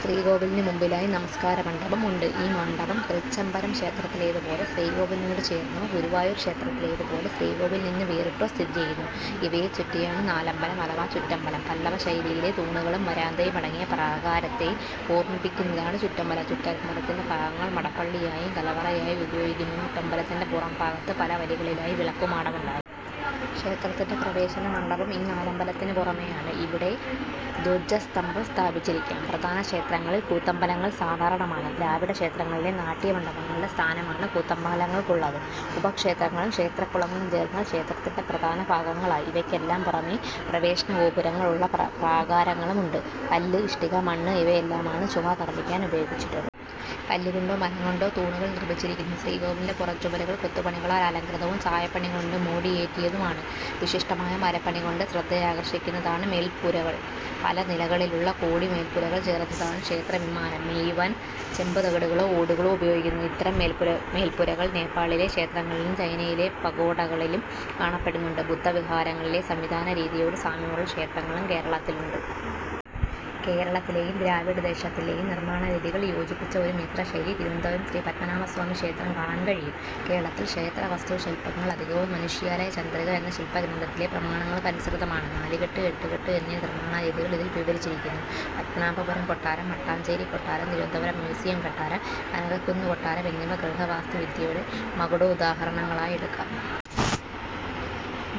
ശ്രീകോവിലിനു മുമ്പിലായി നമസ്കാരമണ്ഡപം ഉണ്ട്. ഈ മണ്ഡപം തൃച്ചംബരം ക്ഷേത്രത്തിലേതുപോലെ ശ്രീകോവിലിനോട്ചേർന്നോ, ഗുരുവായൂർ ക്ഷേത്രത്തിലേതുപോലെ ശ്രീകോവിലിൽനിന്ന് വേറിട്ടോ സ്ഥിതിചെയ്യുന്നു. ഇവയെ ചുറ്റിയാണ് നാലമ്പലം അഥവാ ചുറ്റമ്പലം. പല്ലവ ശൈലിയിലെ തൂണുകളും വരാന്തയും അടങ്ങിയ പ്രാകാരത്തെ ഓർമിപ്പിക്കുന്നതാണ് ചുറ്റമ്പലം. ചുറ്റംബലത്തിന്റെ ഭാഗങ്ങൾ മടപ്പള്ളിയായും കലവറയായും ഉപയോഗിക്കുന്നു ചുറ്റമ്പലത്തിന്റെ പുറംഭാഗത്ത് പലവരികളിലായി വിളക്കുമാടം ഉണ്ടാകും. ക്ഷേത്രത്തിന്റെ പ്രവേശനമണ്ഡപം ഈ നാലമ്പലത്തിനു പുറമേയാണ്. ഇവിടെ ദ്വജസ്തഭം സ്ഥാപിച്ചിരിക്കും. പ്രധാന ക്ഷേത്രങ്ങളിൽ കൂത്തമ്പലങ്ങൾ സാധാരണമാണ്. ദ്രാവിഡക്ഷേത്രങ്ങളിലെ നാട്യ മണ്ഡപങ്ങളുടെ സ്ഥാനമാണ് കൂത്തമ്പലങ്ങൾക്കുള്ളത്. ഉപക്ഷേത്രങ്ങളും ക്ഷേത്രകുളങ്ങളും ചേർന്നാൽ ക്ഷേത്രത്തിന്റെ പ്രധാന ഭാഗങ്ങളായി. ഇവയ്ക്കെല്ലാം പുറമെ പ്രവേശന ഗോപുരങ്ങൾ ഉള്ള പ്രാകാരങ്ങളും ഉണ്ട്. കല്ല്, ഇഷ്ടിക, മണ്ണ് ഇവയെല്ലാമാണ് ചുമർ നിർമ്മിക്കാൻ ഉപയോഗിച്ചിട്ടുള്ളത്. കല്ലുകൊണ്ടോ മരം കൊണ്ടോ തൂണുകൾ നിർമിച്ചിരിക്കുന്നു. ശ്രീകോവിലിന്റെ പുറംചുമരുകൾ കൊത്തുപണികളാൽ അലംകൃതവും ചായപ്പണികൊണ്ടു മോടിയേറ്റിയതുമാണ്. വിശിഷ്ടമായ മരപ്പണികൊണ്ട് ശ്രദ്ധയാകർഷിക്കുന്നതാണ് മേൽപ്പുരകൾ. പലനിലകളിലുള്ള കോടി-മേൽപ്പുരകൾ ചേർന്നതാണ് ക്ഷേത്രവിമാനം. മേയുവാൻ ചെമ്പുതകിടുകളോ ഓടുകളോ ഉപയോഗിക്കുന്നു. ഇത്തരം മേൽപ്പുരകൾ നേപാളിലെ ക്ഷേത്രങ്ങളിലും ചൈനയിലെ പഗോഡകളിലും കാണപ്പെടുന്നുണ്ട്. ബുദ്ധവിഹാരങ്ങളിലെ സംവിധാനരീതിയോട് സാമ്യമുള്ള ക്ഷേത്രങ്ങളും കേരളത്തിലുണ്ട്. കേരളത്തിലേയും ദ്രാവിഡദേശത്തിലെയും നിർമ്മാണരീതികൾ യോജിപ്പിച്ച ഒരു മിശ്രശൈലി തിരുവനന്തപുരം ശ്രീ പത്മനാഭസ്വാമി ക്ഷേത്രം കാണാൻ കഴിയും. കേരളത്തിൽ ക്ഷേത്രവാസ്തുശില്പങ്ങൾ അധികവും മനുഷ്യാലയചന്ദ്രിക എന്ന ശില്പഗ്രന്ഥത്തിലെ പ്രമാണങ്ങൾക്കനുസൃതമാണ്. നാലുകെട്ട്, എട്ടുകെട്ട് എന്നീ നിർമ്മാണരീതികൾ ഇതിൽ വിവരിച്ചിരിക്കുന്നു. പത്മനാഭപുരം കൊട്ടാരം, മട്ടാഞ്ചേരികൊട്ടാരം, തിരുവനന്തപുരം മ്യൂസിയം കൊട്ടാരം. കനകക്കുന്നു കൊട്ടാരം എന്നിവ ഗൃഹവാസ്തുവിദ്യയുടെ മകുടോദാഹരണങ്ങളായെടുക്കാം.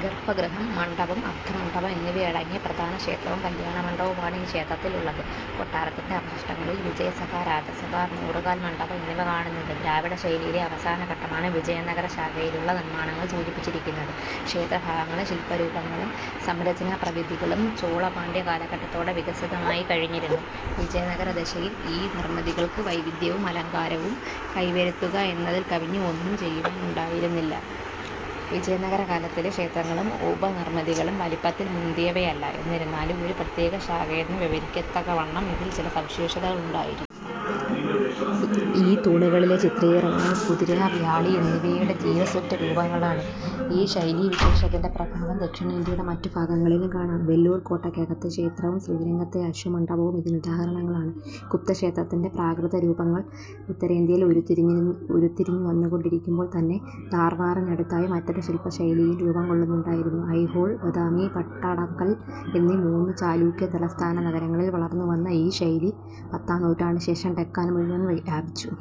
ഗർഭഗൃഹം, മണ്ഡപം, അർദ്ധമണ്ഡപം എന്നിവയടങ്ങിയ പ്രധാന ക്ഷേത്രവും കല്യാണമണ്ഡപവുമാണ് ഈ ക്ഷേത്രത്തിലുള്ളത്. കൊട്ടരത്തിന്റെ അവശിഷ്ടങ്ങളിൽ വിജയസഭ, രാജസഭ, നൂറുകാൽമണ്ഡപം എന്നിവ കാണുന്നുണ്ട്. ദ്രാവിഡശൈലിയിലെ അവസാനഘട്ടമാണ് വിജയനഗര ശാഖയിലുള്ള നിർമ്മാണങ്ങൾ സൂചിപ്പിക്കുന്നത്. ക്ഷേത്രഭാഗങ്ങളും ശില്പരൂപങ്ങളും സംരചനാപ്രവിധികളും ചോള-പാണ്ഡ്യ കാലഘട്ടത്തോടെ വികസിതമായി കഴിഞ്ഞിരുന്നു. വിജയനഗരദശയിൽ ഈ നിർമിതികൾക്ക് വൈവിധ്യവും അലങ്കാരവും കൈവരുത്തുക എന്നതിൽ കവിഞ്ഞ് ഒന്നും ചെയ്യുവാൻ ഉണ്ടായിരുന്നില്ല വിജയനഗര കാലഘട്ടത്തിലെ ക്ഷേത്രങ്ങളും ഉപനിർമിതികളും വലിപ്പത്തിൽ മുന്തിയവയല്ല; എന്നിരുന്നാലും, ഒരു പ്രത്യേകശാഖയെന്നു വ്യവഹരിക്കത്തക്കവണ്ണം ഇതിൽ ചില സവിശേഷതകൾ ഉണ്ടായിരുന്നു. ഈ തൂണുകളിലെ ചിത്രീകരണങ്ങൾ കുതിര, വ്യാളി എന്നിവയുടെ ജീവസ്സുറ്റ രൂപങ്ങളാണ്. ഈ ശൈലീവിശേഷത്തിന്റെ പ്രഭാവം ദക്ഷിണേന്ത്യയുടെ മറ്റുഭാഗങ്ങളിലും കാണാം. വെല്ലൂർ കോട്ടയ്ക്കകത്തെ ക്ഷേത്രവും ശ്രീരംഗത്തെ അശ്വമണ്ഡപവും ഇതിനുദാഹരണങ്ങളാണ്. ഗുപ്തക്ഷേത്രത്തിന്റെ പ്രാകൃതരൂപങ്ങൾ ഉത്തരേന്ത്യയിൽ ഉരുത്തിരിഞ്ഞു വന്നുകൊണ്ടിരിക്കുമ്പോൾ തന്നെ ധാർവാറിനടുത്തായി മറ്റൊരു ക്ഷേത്രശില്പശൈലിയും രൂപംകൊള്ളുന്നുണ്ടായിരുന്നു. അയ്ഹോൾ, ബദാമി, പട്ടാടക്കൽ എന്നീ മൂന്നു ചാലൂക്യ തലസ്ഥാന നഗരങ്ങളിൽ വളർന്നുവന്ന ഈ ശൈലി പത്താം നൂറ്റാണ്ടിനുശേഷം ഡക്കാൻ മുഴുവൻ വ്യാപിച്ചു.